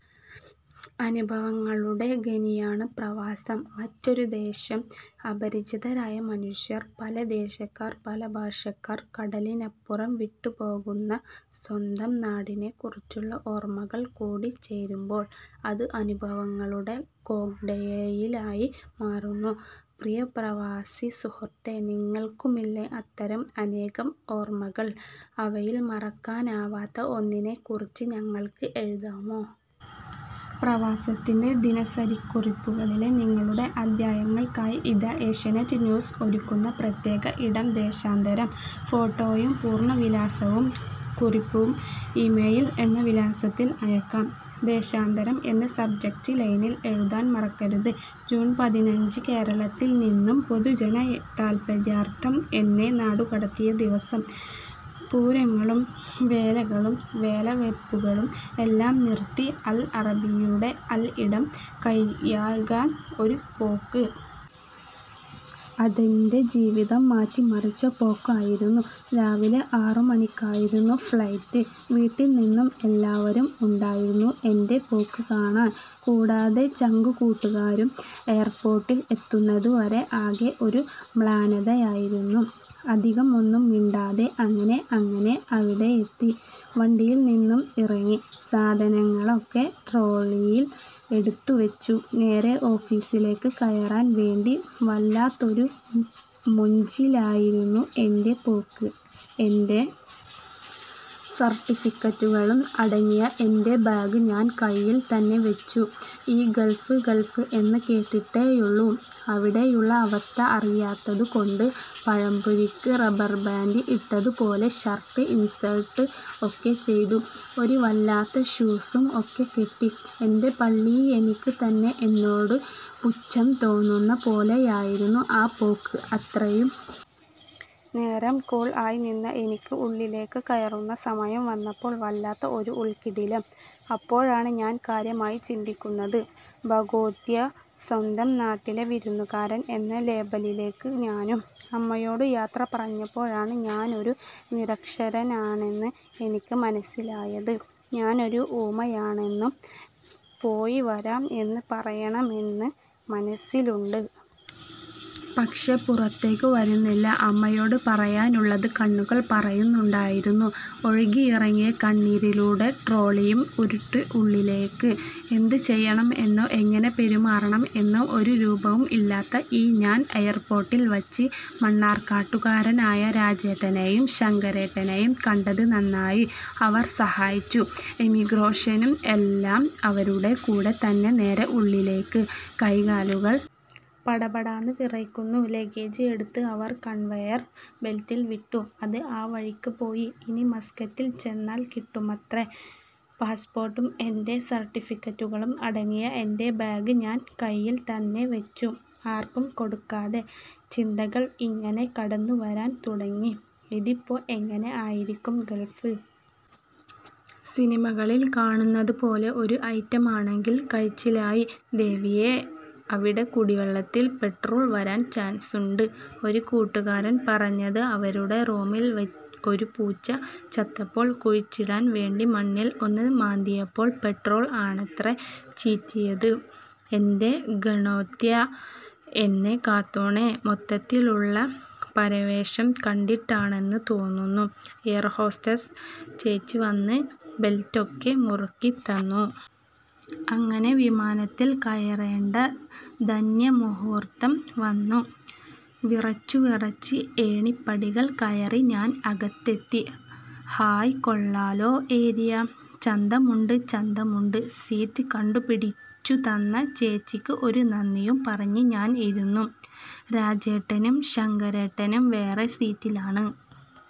അനുഭവങ്ങളുടെ ഖനിയാണ് പ്രവാസം. മറ്റൊരു ദേശം, അപരിചിതരായ മനുഷ്യർ, പല ദേശക്കാർ, പല ഭാഷകൾ, കടലിനിപ്പുറം വിട്ടുപോകുന്ന സ്വന്തം നാടിനെക്കുറിച്ചുള്ള ഓർമകൾ കൂടി ചേരുമ്പോൾ അത് അനുഭവങ്ങളുടെ കോക്‌ടെയിലായി മാറുന്നു. പ്രിയ പ്രവാസി സുഹൃത്തേ, നിങ്ങൾക്കുമില്ലേ അത്തരം അനേകം ഓർമകൾ. അവയിൽ മറക്കാനാവാത്ത ഒന്നിനെക്കുറിച്ച് ഞങ്ങൾക്ക് എഴുതാമോ? പ്രവാസത്തിൻറെ ദിനസരിക്കുറിപ്പുകളിലെ നിങ്ങളുടെ അധ്യായങ്ങൾക്കായി ഇതാ ഏഷ്യാനെറ്റ് ന്യൂസ് ഒരുക്കുന്ന പ്രത്യേക ഇടം, ദേശാന്തരം. ഫോട്ടോയും പൂർണ വിലാസവും കുറിപ്പും ഇമെയിൽ എന്ന വിലാസത്തിൽ അയക്കാം. ദേശാന്തരം എന്ന് സബ്ജക്ട് ലൈനിൽ എഴുതാൻ മറക്കരുത്. ജൂൺ പതിനഞ്ച്, കേരളത്തിൽനിന്നും പൊതുജന താൽപര്യാർത്ഥം എന്നെ നാടുകടത്തിയ ദിവസം. പൂരങ്ങളും വേലകളും വേലവെപ്പുകളും എല്ലാം നിർത്തി അൽ അറബിയുടെ അൽ ഇടം കൈയാകാൻ ഒരു പോക്ക്. അതെൻറെ ജീവിതം മാറ്റിമറിച്ച പോക്കായിരുന്നു. രാവിലെ ആറുമണിക്കായിരുന്നു ഫ്ലൈറ്റ്. വീട്ടിൽനിന്നും എല്ലാവരും ഉണ്ടായിരുന്നു എൻറെ പോക്ക് കാണാൻ. കൂടാതെ ചങ്കുകൂട്ടുകാരും. എയർപോർട്ടിൽ എത്തുന്നതുവരെ ആകെ ഒരു മ്ലാനതയായിരുന്നു. അധികമൊന്നും മിണ്ടാതെ അങ്ങനെ അങ്ങനെ അവിടെയെത്തി. വണ്ടിയിൽനിന്നും ഇറങ്ങി. സാധനങ്ങളൊക്കെ ട്രോളിയിൽ എടുത്തുവെച്ചു. നേരെ ഓഫീസിലേക്ക് കയറാൻ വേണ്ടി വല്ലാത്തൊരു മൊഞ്ചിലായിരുന്നു എൻറെ പോക്ക്. എൻറെ സർട്ടിഫിക്കറ്റുകളും അടങ്ങിയ എൻറെ ബാഗ് ഞാൻ കൈയിൽത്തന്നെ വെച്ചു. ഈ ഗൾഫ് ഗൾഫ് എന്ന് കേട്ടിട്ടേയുള്ളൂ. അവിടെയുള്ള അവസ്ഥ അറിയാത്തതുകൊണ്ട് പഴംപൊരിക്ക് റബർബാൻഡ് ഇട്ടതുപോലെ ഷർട്ട് ഇൻസെർട്ട് ഒക്കെ ചെയ്തു. ഒരു വല്ലാത്ത ഷൂസും ഒക്കെ കെട്ടി. എൻറെ പള്ളീ, എനിക്ക് തന്നെ എന്നോട് പുച്ഛം തോന്നുന്ന പോലെയായിരുന്നു ആ പോക്ക്. അത്രയും നേരം കൂൾ ആയി നിന്ന എനിക്ക് ഉള്ളിലേക്ക് കയറുന്ന സമയം വന്നപ്പോൾ വല്ലാത്ത ഒരു ഉൾക്കിടിലം. അപ്പോഴാണ് ഞാൻ കാര്യമായി ചിന്തിക്കുന്നത്. ഭഗോത്യേ, സ്വന്തം നാട്ടിലെ വിരുന്നുകാരൻ എന്ന ലേബലിലേക്ക് ഞാനും. അമ്മയോട് യാത്രപറഞ്ഞപ്പോഴാണ് ഞാനൊരു നിരക്ഷരനാണെന്ന് എനിക്ക് മനസ്സിലായത്. ഞാനൊരു ഊമയാണെന്നും. പോയിവരാം എന്ന് പറയണമെന്ന് മനസ്സിലുണ്ട്. പക്ഷെ പുറത്തേക്ക് വരുന്നില്ല. അമ്മയോട് പറയാനുള്ളത് കണ്ണുകൾ പറയുന്നുണ്ടായിരുന്നു. ഒഴുകിയിറങ്ങിയ കണ്ണീരിലൂടെ ട്രോളിയും ഉരുട്ടി ഉള്ളിലേക്ക്. എന്ത് ചെയ്യണം എന്നോ എങ്ങനെ പെരുമാറണം എന്നോ ഒരു രൂപവും ഇല്ലാത്ത ഈ ഞാൻ എയർപോർട്ടിൽ വച്ച് മണ്ണാർക്കാട്ടുകാരായ രാജേട്ടനെയും ശങ്കരേട്ടനെയും കണ്ടത് നന്നായി. അവർ സഹായിച്ചു. എമിഗ്രേഷനും എല്ലാം അവരുടെ കൂടെ തന്നെ നേരെ ഉള്ളിലേക്ക്. കൈകാലുകൾ പടാപടാന്ന് വിറയ്ക്കുന്നു. ലഗേജ് എടുത്ത് അവർ കൺവെയർ ബെൽറ്റിൽ വിട്ടു. അത് ആ വഴിക്ക് പോയി. ഇനി മസ്കറ്റിൽ ചെന്നാൽ കിട്ടുമത്രേ. പാസ്‌പോർട്ടും എൻറെ സർട്ടിഫിക്കറ്റുകളും അടങ്ങിയ എൻറെ ബാഗ് ഞാൻ കൈയിൽത്തന്നെ വെച്ചു. ആർക്കും കൊടുക്കാതെ. ചിന്തകൾ ഇങ്ങനെ കടന്നുവരാൻ തുടങ്ങി. ഇതിപ്പോ എങ്ങനെ ആയിരിക്കും ഗൾഫ്. സിനിമകളിൽ കാണുന്നതുപോലെ ഒരു ഐറ്റം ആണെങ്കിൽ കയ്ച്ചിലായി. ദേവിയേ, അവിടെ കുടിവെള്ളത്തിൽ പെട്രോൾ വരാൻ ചാൻസുണ്ട്. ഒരു കൂട്ടുകാരൻ പറഞ്ഞത് അവരുടെ റൂമിൽ ഒരു പൂച്ച ചത്തപ്പോൾ കുഴിച്ചിടാൻ വേണ്ടി മണ്ണിൽ ഒന്ന് മാന്തിയപ്പോൾ പെട്രോൾ ആണത്രേ ചീറ്റിയത്. എൻറെ ഗണോത്യേ, എന്നെ കാത്തോണേ. മൊത്തത്തിലുള്ള പരവേശം കണ്ടിട്ടാണെന്ന് തോന്നുന്നു, എയർഹോസ്റ്റസ് ചേച്ചി വന്ന് ബെൽറ്റൊക്കെ മുറുക്കിത്തന്നു. അങ്ങനെ വിമാനത്തിൽ കയറേണ്ട ധന്യ മുഹൂർത്തം വന്നു. വിറച്ചുവിറച്ച് ഏണിപ്പടികൾ കയറി ഞാൻ അകത്തെത്തി. ഹായ്, കൊള്ളാലോ ഏരിയ. ചന്തമുണ്ട്, ചന്തമുണ്ട്. സീറ്റ് കണ്ടുപിടിച്ചുതന്ന ചേച്ചിക്ക് ഒരു നന്ദിയും പറഞ്ഞ് ഞാൻ ഇരുന്നു. രാജേട്ടനും ശങ്കരേട്ടനും വേറെ സീറ്റിലാണ്.